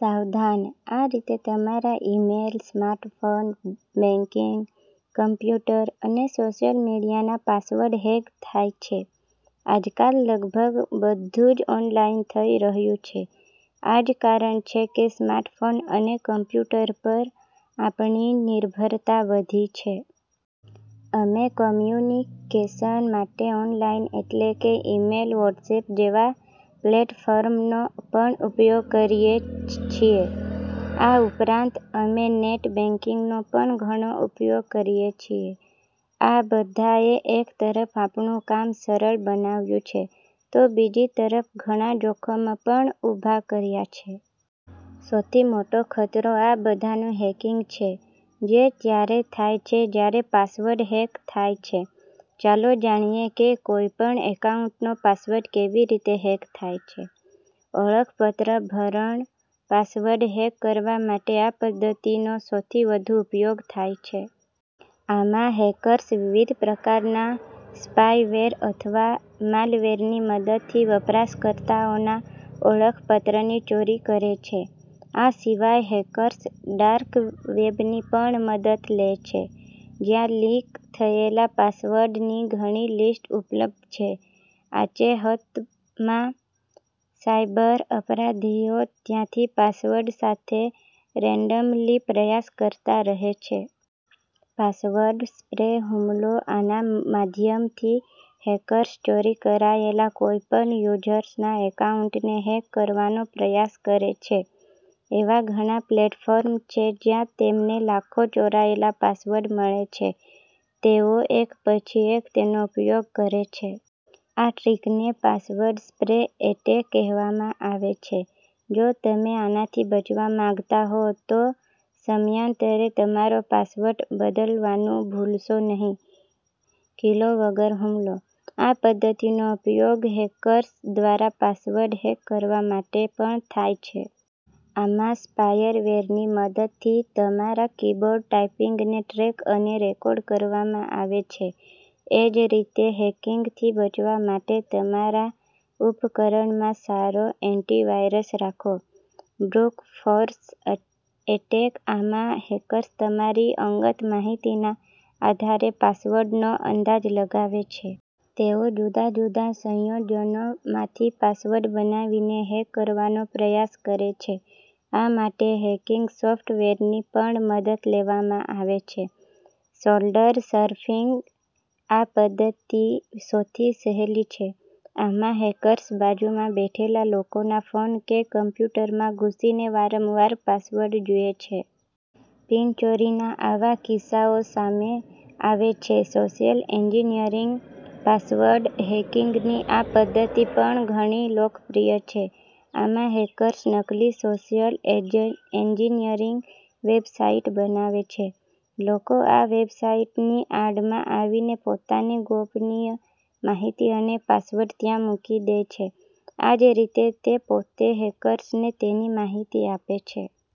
સાવધાન! આ રીતે તમારા ઈમેલ, સ્માર્ટફોન, બેંકિંગ, કોમ્પ્યુટર અને સોશિયલ મીડિયાના પાસવર્ડ હેક થાય છે. આજકાલ લગભગ બધું જ ઓનલાઈન થઈ રહ્યું છે. આ જ કારણ છે કે સ્માર્ટફોન અને કમ્પ્યુટર પર આપણી નિર્ભરતા વધી છે. અમે કોમ્યુનિકેશન માટે ઓનલાઈન એટલે કે ઈમેલ કે વોટ્સએપ જેવા પ્લેટફોર્મનો પણ ઉપયોગ કરીએ છીએ. આ ઉપરાંત, અમે નેટ બેંકિંગનો પણ ઘણો ઉપયોગ કરીએ છીએ. આ બધાએ એક તરફ આપણું કામ સરળ બનાવ્યું છે, તો બીજી તરફ ઘણા જોખમો પણ ઊભા કર્યા છે. સૌથી મોટો ખતરો આ બધાનું હેકિંગ છે, જે ત્યારે થાય છે જ્યારે પાસવર્ડ હેક થાય છે. ચાલો જાણીએ કે કોઈપણ એકાઉન્ટનો પાસવર્ડ કેવી રીતે હેક થાય છે. ઓળખપત્ર ભરણ, પાસવર્ડ હેક કરવા માટે આ પદ્ધતિનો સૌથી વધુ ઉપયોગ થાય છે. આમાં, હેકર્સ વિવિધ પ્રકારના સ્પાયવેર અથવા માલવેરની મદદથી વપરાશકર્તાઓના ઓળખપત્રની ચોરી કરે છે. આ સિવાય હેકર્સ ડાર્ક વેબની પણ મદદ લે છે, જ્યાં લીક થયેલા પાસવર્ડ્સની ઘણી લિસ્ટ ઉપલબ્ધ છે. આચેહમાં, સાયબર અપરાધીઓ ત્યાંથી પાસવર્ડ સાથે રેન્ડમલી પ્રયાસ કરતા રહે છે. પાસવર્ડ સ્પ્રે હુમલો, આના માધ્યમથી હેકર્સ ચોરી કરાયેલા કોઈપણ યુઝર્સના એકાઉન્ટને હેક કરવાનો પ્રયાસ કરે છે. એવા ઘણા પ્લેટફોર્મ છે જ્યાં તેમને લાખો ચોરાયેલા પાસવર્ડ મળે છે. તેઓ એક પછી એક તેનો ઉપયોગ કરે છે. આ ટ્રિકને પાસવર્ડ સ્પ્રે એટેક કહેવામાં આવે છે. જો તમે આનાથી બચવા માંગતા હો, તો સમયાંતરે તમારો પાસવર્ડ બદલવાનું ભૂલશો નહીં. કીલોગર હુમલો, આ પદ્ધતિનો ઉપયોગ હેકર્સ દ્વારા પાસવર્ડ હેક કરવા માટે પણ થાય છે. આમાં, સ્પાયવેરની મદદથી, તમારા કીબોર્ડ ટાઇપિંગને ટ્રેક અને રેકોર્ડ કરવામાં આવે છે. એ જ રીતે, હેકિંગથી બચવા માટે, તમારા ઉપકરણમાં સારો એન્ટીવાયરસ રાખો. બ્રુટ ફોર્સ એટેક, આમાં હેકર્સ તમારી અંગત માહિતીના આધારે પાસવર્ડનો અંદાજ લગાવે છે. તેઓ જુદા જુદા સંયોજનોમાંથી પાસવર્ડ બનાવીને હેક કરવાનો પ્રયાસ કરે છે. આ માટે હેકિંગ સોફ્ટવેરની પણ મદદ લેવામાં આવે છે. શોલ્ડર સર્ફિંગ, આ પદ્ધતિ સૌથી સહેલી છે. આમાં હેકર્સ બાજુમાં બેઠેલા લોકોના ફોન કે કોમ્પ્યુટરમાં ઘૂસીને વારંવાર પાસવર્ડ જુએ છે. પિન ચોરીના આવા કિસ્સાઓ સામે આવે છે. સોશિયલ એન્જિનિયરિંગ, પાસવર્ડ હેકિંગની આ પદ્ધતિ પણ ઘણી લોકપ્રિય છે. આમાં હેકર્સ નકલી સોશિયલ એન્જિનિયરિંગ વેબસાઇટ બનાવે છે. લોકો આ વેબસાઈટની આડમાં આવીને પોતાની ગોપનીય માહિતી અને પાસવર્ડ ત્યાં મૂકી દે છે. આ રીતે, તે પોતે હેકર્સને તેની માહિતી આપે છે.